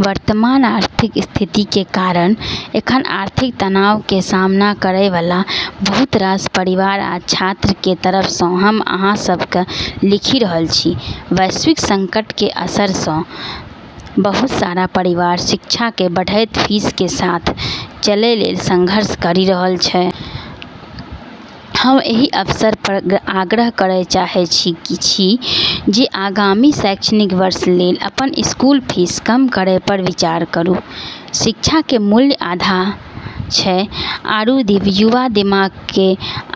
वर्तमान आर्थिक स्थिति के कारण एखन आर्थिक तनाव के सामना करय वाला बहुत रास परिवार आ छात्र के तरफ सँ हम अहाँ सब के लिखि रहल छी। वैश्विक संकट के असर सँ बहुत सारा परिवार शिक्षा के बढ़ैत फीस के साथ चलै लेल संघर्ष करि रहल छै। हम एहि अवसर पर आग्रह करय चाहैत छी जे आगामी शैक्षणिक वर्ष लेल अपन स्कूल फीस कम करय पर विचार करू। शिक्षा के मूल्य अथाह छै आरू युवा दिमाग के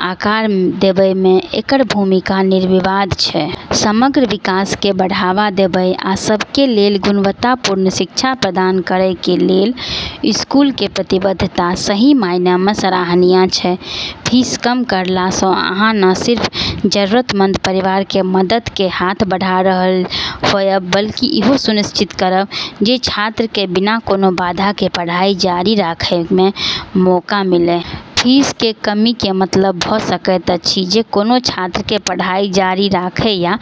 आकार देबय मे एकर भूमिका निर्विवाद छै। समग्र विकास के बढ़ावा देबय आ सब के लेल गुणवत्तापूर्ण शिक्षा प्रदान करय के लेल स्कूल के प्रतिबद्धता सही मायने मे सराहनीय छै। फीस कम करला सँ अहाँ न सिर्फ जरूरतमंद परिवार के मदद के हाथ बढ़ा रहल होएब बल्कि इहो सुनिश्चित करब जे छात्र के बिना कोनो बाधा के पढ़ाई जारी राखय के मौका मिलय। फीस मे कमी के मतलब भ सकैत अछि जे कोनो छात्र के पढ़ाई जारी राखय या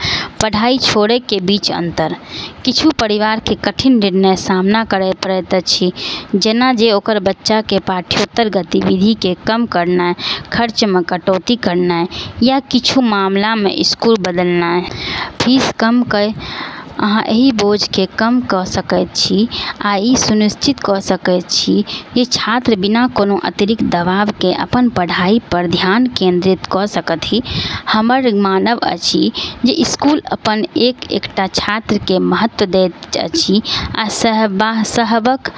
पढ़ाई छोड़य के बीच अंतर। किछु परिवार के कठिन निर्णयक सामना करय पड़ैत छै, जेना जे ओकर बच्चा के पाठ्येतर गतिविधि के कम करनाय, खर्च मे कटौती करनाय या किछु मामला मे स्कूल बदलनाय। फीस कम कय अहाँ एहि बोझ के कम क सकैत छी आ इ सुनिश्चित क सकैत छी जे छात्र बिना कोनो अतिरिक्त दबाव के अपन पढ़ाई पर ध्यान केंद्रित क सकथि। हमर मानब अछि जे स्कूल अपन एक-एकटा छात्र के महत्व दैत अछि आ सबहक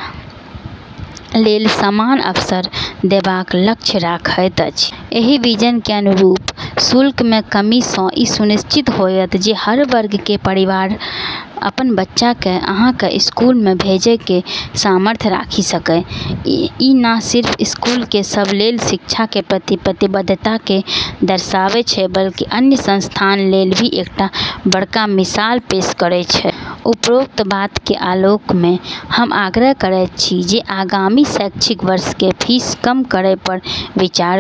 लेल समान अवसर देबाक लक्ष्य राखैत अछि। एहि विजन के अनुरूप शुल्क मे कमी सँ ई सुनिश्चित होएत जे हर वर्ग के परिवार अपन बच्चा के अहाँ के स्कूल मे भेजय के सामर्थ्य राखि सकय। ई न सिर्फ स्कूल के सब लेल शिक्षा के प्रति प्रतिबद्धता के दर्शाबै छै बल्कि अन्य संस्थान लेल भी एकटा बडका मिसाल पेश करै छै। उपरोक्त बात के आलोक मे हम आग्रह करैत छी जे आगामी शैक्षणिक वर्ष के फीस कम करय पर विचार करी।